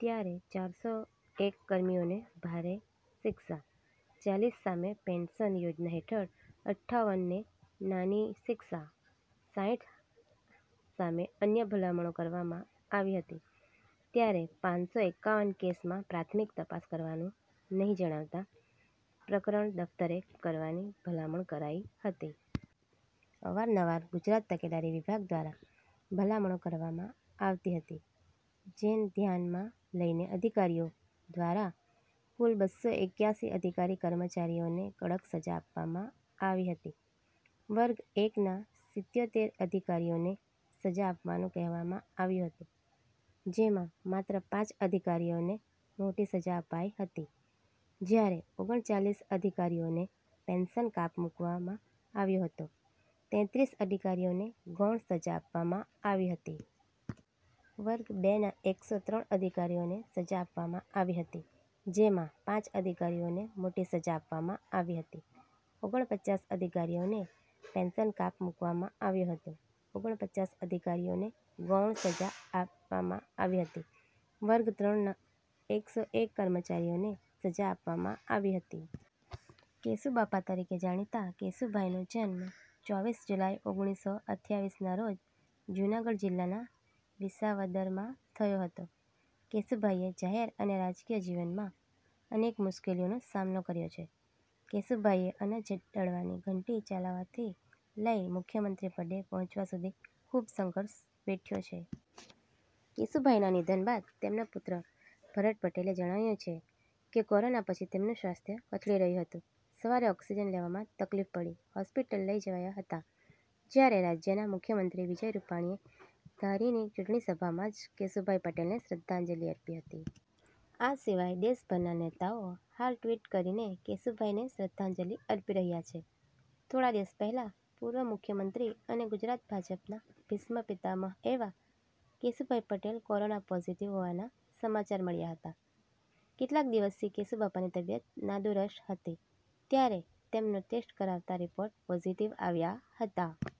ત્યારે ચારસો એક કર્મીઓને ભારે શિક્ષા, ચાલીસ સામે પેન્શન નિયમો હેઠળ અઠ્ઠાવન ને નાની શિક્ષા, સાઇઠ સામે અન્ય ભલામણો કરવામાં આવી હતી, ત્યારે પાંસો એકાવન કેસમાં પ્રાથમિક તપાસ કરવાનું નહીં જણાતા પ્રકરણ દફ્તરે કરવાની ભલામણ કરાઇ હતી. અવાર-નવાર ગુજરાત તકેદારી વિભાગ દ્વારા ભલામણો કરવામાં આવતી હતી. જેન ધ્યાનમાં લઇને અધિકારીઓ દ્વારા કુલ બસો એકયાસી અધિકારી-કર્મચારીઓને કડક સજા આપવામાં આવી હતી. વર્ગ એક ના સિત્યોતેર અધિકારીઓને સજા આપવાનું કહેવામાં આવ્યું હતું, જેમાં માત્ર પાંચ અધિકારીઓને મોટી સજા અપાય હતી, જયારે ઓગણચાલીસ અધિકારીઓને પેન્શન કાપ મુકવામાં આવ્યો હતો, તેત્રીસ અધિકારીઓને ગૌણ સજા આપવામાં આવી હતી. વર્ગ બે ના એકસો ત્રણ અધિકારીને સજા આપવામાં આવી હતી જેમાં પાંચ અધિકારીઓને મોટી સજા આપવામાં આવી હતી, ઓગણપચાસ અધિકારીઓને પેન્શન કાપ મુકવામાં આવ્યો હતો, ઓગણપચાસ અધિકારીઓને ગૌણ સજા આપવામાં આવી હતી. વર્ગ-ત્રણ ના એકસો એક કર્મચારીઓને સજા આપવામાં આવી હતી. કેશુ બાપા તરીકે જાણીતા કેશુભાઈનો જન્મ ચોવીસ જુલાઈ ઓગણીસો અઠયાવીસ ના રોજ જૂનાગઢ જિલ્લાના વિસાવદરમાં થયો હતો. કેશુભાઈએ જાહેર અને રાજકીય જીવનમાં અનેક મુશ્કેલીઓનો સામનો કર્યો છે. કેશુભાઈએ અનાજ દળવાની ઘંટી ચલાવવાથી લઈ મુખ્યમંત્રી પદે પહોંચવા સુધી ખૂબ સંઘર્ષ વેઠ્યો છે. કેશુભાઈના નિધન બાદ તેમના પુત્ર ભરત પટેલે જણાવ્યું કે, કોરોના પછી તેમનું સ્વાસ્થ્ય કથળી રહ્યું હતું. સવારે ઓક્સિજન લેવામાં તકલીફ પડી, હોસ્પિટલ લઇ જવાયા હતા. જ્યારે રાજ્યના મુખ્યમંત્રી વિજય રૂપાણીએ ધારીની ચૂંટણી સભામાં જ કેશુભાઈ પટેલને શ્રદ્ધાંજલિ અર્પી હતી. આ સિવાય દેશભરના નેતાઓ હાલ ટ્વીટ કરીને કેશુભાઈને શ્રદ્ધાંજલિ અર્પી રહ્યા છે. થોડા દિવસ પહેલા પૂર્વ મુખ્યમંત્રી અને ગુજરાત ભાજપના ભીષ્મ પિતામહ એવા કેશુભાઈ પટેલ કોરોના પોઝિટિવ હોવાના સમાચાર મળ્યા હતા. કેટલાક દિવસથી કેશુબાપાની તબિયત નાદુરસ્ત હતી, ત્યારે તેમનો ટેસ્ટ કરાવાતાં રિપોર્ટ પોઝિટિવ આવ્યા હતા.